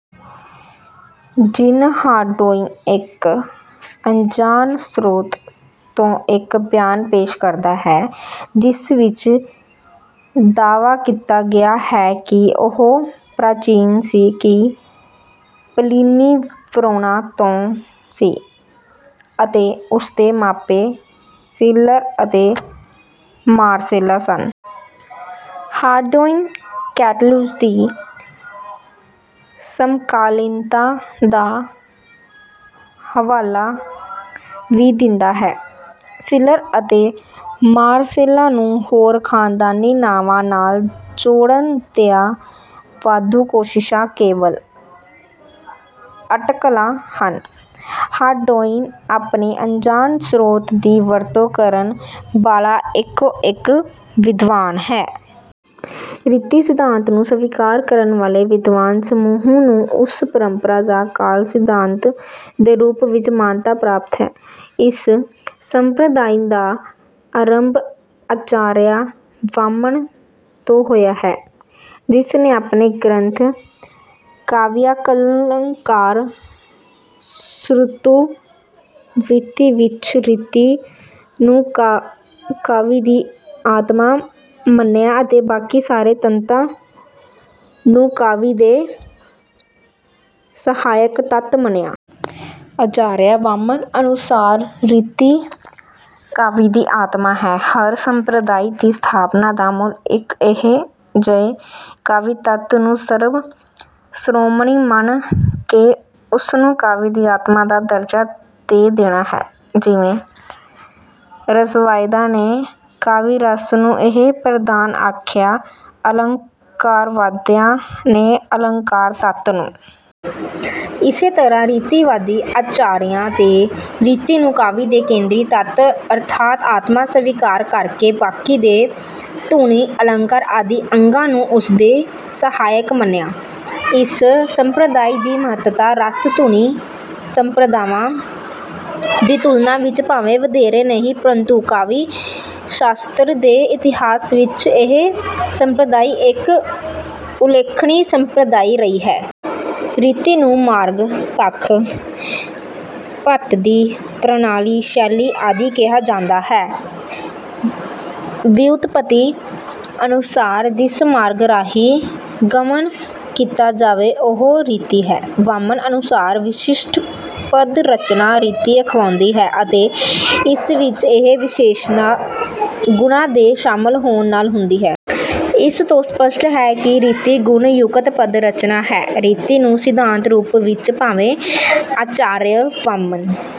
Jean Hardouin ਇੱਕ ਅਣਜਾਣ ਸ੍ਰੋਤ ਤੋਂ ਇੱਕ ਬਿਆਨ ਪੇਸ਼ ਕਰਦਾ ਹੈ, ਜਿਸ ਵਿੱਚ ਦਾਅਵਾ ਕੀਤਾ ਗਿਆ ਹੈ ਕਿ ਉਹ ਪ੍ਰਾਚੀਨ ਸੀ। ਕਿ ਪਲੀਨੀ ਵਰੋਨਾ ਤੋਂ ਸੀ ਅਤੇ ਉਸਦੇ ਮਾਪੇ ਸੀਲਰ ਅਤੇ ਮਾਰਸੇਲਾ ਸਨ। ਹਾਰਡੌਇਨ ਕੈਟਲੁਸ ਦੀ ਸਮਕਾਲੀਨਤਾ ਦਾ ਹਵਾਲਾ ਵੀ ਦਿੰਦਾ ਹੈ। ਸੀਲਰ ਅਤੇ ਮਾਰਸੇਲਾ ਨੂੰ ਹੋਰ ਖ਼ਾਨਦਾਨੀ ਨਾਵਾਂ ਨਾਲ ਜੋੜਨ ਦੀਆਂ ਵਾਧੂ ਕੋਸ਼ਿਸ਼ਾਂ ਕੇਵਲ ਅਟਕਲਾਂ ਹਨ। ਹਾਰਡੌਇਨ ਆਪਣੇ ਅਣਜਾਣ ਸਰੋਤ ਦੀ ਵਰਤੋਂ ਕਰਨ ਵਾਲਾ ਇੱਕੋ ਇੱਕ ਵਿਦਵਾਨ ਹੈ। ਰੀਤੀ ਸਿਧਾਂਤ ਨੂੰ ਸਵੀਕਾਰ ਕਰਨ ਵਾਲੇ ਵਿਦਵਾਨ ਸਮੂਹ ਨੂੰ ਉਸ ਪਰੰਪਰਾ ਜਾਂ ਕਾਲ ਸਿਧਾਂਤ ਦੇ ਰੂਪ ਵਿੱਚ ਮਾਨਤਾ ਪ੍ਰਾਪਤ ਹੈ। ਇਸ ਸੰਪ੍ਰਦਾਇ ਦਾ ਆਰੰਭ ਆਚਾਰੀਆ ਵਾਮਨ ਤੋਂ ਹੋਇਆ ਹੈ, ਜਿਸ ਨੇ ਆਪਣੇ ਗ੍ਰੰਥ ਕਾਵਿਯਾਲੰਕਾਰ ਸੂਤ੍ਰ ਵ੍ਰਿਤਿ ਵਿੱਚ ਰੀਤੀ ਨੂੰ ਕਾਵਿ ਦੀ ਆਤਮਾ ਮੰਨਿਆ ਅਤੇ ਬਾਕੀ ਸਾਰੇ ਤੱਤਾਂ ਨੂੰ ਕਾਵਿ ਦੇ ਸਹਾਇਕ ਤੱਤ ਮੰਨਿਆ। ਆਚਾਰੀਆ ਵਾਮਨ ਅਨੁਸਾਰ ਰੀਤੀ ਕਾਵਿ ਦੀ ਆਤਮਾ ਹੈ। ਹਰ ਸੰਪ੍ਰਦਾਇ ਦੀ ਸਥਾਪਨਾ ਦਾ ਮੂਲ ਇੱਕ ਅਜਿਹੇ ਕਾਵਿ ਤੱਤ ਨੂੰ ਸਰਬ ਸਰੋਮਣੀ ਮੰਨ ਕੇ ਉਸਨੂੰ ਕਾਵਿ ਦੀ ਆਤਮਾ ਦਾ ਦਰਜਾ ਦੇ ਦੇਣਾ ਹੈ। ਜਿਵੇਂ ਰਸਵਾਦੀਆਂ ਨੇ ਕਾਵਿ-ਰਸ ਨੂੰ ਹੀ ਪ੍ਰਧਾਨ ਆਖਿਆ, ਅਲੰਕਾਰਵਾਦੀਆਂ ਨੇ ਅਲੰਕਾਰ ਤੱਤ ਨੂੰ। ਇਸੇ ਤਰ੍ਹਾਂ ਰੀਤੀਵਾਦੀ ਆਚਾਰੀਆਂ ਨੇ ਰੀਤੀ ਨੂੰ ਕਾਵਿ ਦੇ ਕੇਂਦਰੀ ਤੱਤ ਅਰਥਾਤ ਆਤਮਾ ਸਵੀਕਾਰ ਕਰਕੇ ਬਾਕੀ ਦੇ ਧੁਨੀ, ਅਲੰਕਾਰ ਆਦਿ ਅੰਗਾਂ ਨੂੰ ਉਸਦੇ ਸਹਾਇਕ ਮੰਨਿਆ। ਇਸ ਸੰਪ੍ਰਦਾਇ ਦੀ ਮਹੱਤਤਾ ਰਸ, ਧੁਨੀ ਸੰਪ੍ਰਦਾਵਾਂ ਦੀ ਤੁਲਨਾ ਵਿੱਚ ਭਾਵੇਂ ਵਧੇਰੇ ਨਹੀਂ, ਪ੍ਰੰਤੂ ਕਾਵਿ-ਸ਼ਾਸਤਰ ਦੇ ਇਤਿਹਾਸ ਵਿੱਚ ਇਹ ਸੰਪ੍ਰਦਾਇ ਇੱਕ ਉਲੇਖਨੀ ਸੰਪ੍ਰਦਾਇ ਰਹੀ ਹੈ। ਰੀਤੀ ਨੂੰ ਮਾਰਗ, ਪਥ, ਪੱਧਤੀ, ਪ੍ਰਣਾਲੀ, ਸ਼ੈਲੀ ਆਦਿ ਕਿਹਾ ਜਾਂਦਾ ਹੈ। ਵਿਉਤਪੱਤੀ ਅਨੁਸਾਰ ਜਿਸ ਮਾਰਗ ਰਾਹੀਂ ਗਮਨ ਕੀਤਾ ਜਾਵੇ, ਉਹ ਰੀਤੀ ਹੈ। ਵਾਮਨ ਅਨੁਸਾਰ ਵਿਸ਼ਿਸ਼ਟ ਪਦ-ਰਚਨਾ ਰੀਤੀ ਅਖਵਾਉਂਦੀ ਹੈ ਅਤੇ ਇਸ ਵਿੱਚ ਇਹ ਵਿਸ਼ੇਸ਼ਤਾ ਗੁਣਾਂ ਦੇ ਸ਼ਾਮਲ ਹੋਣ ਨਾਲ ਹੁੰਦੀ ਹੈ। ਇਸ ਤੋਂ ਸਪੱਸ਼ਟ ਹੈ ਕਿ ਰੀਤੀ ਗੁਣ-ਯੁਕਤ ਪਦ ਰਚਨਾ ਹੈ। ਰੀਤੀ ਨੂੰ ਸਿਧਾਂਤ ਰੂਪ ਵਿੱਚ ਭਾਵੇਂ ਆਚਾਰਯ ਵਾਮਨ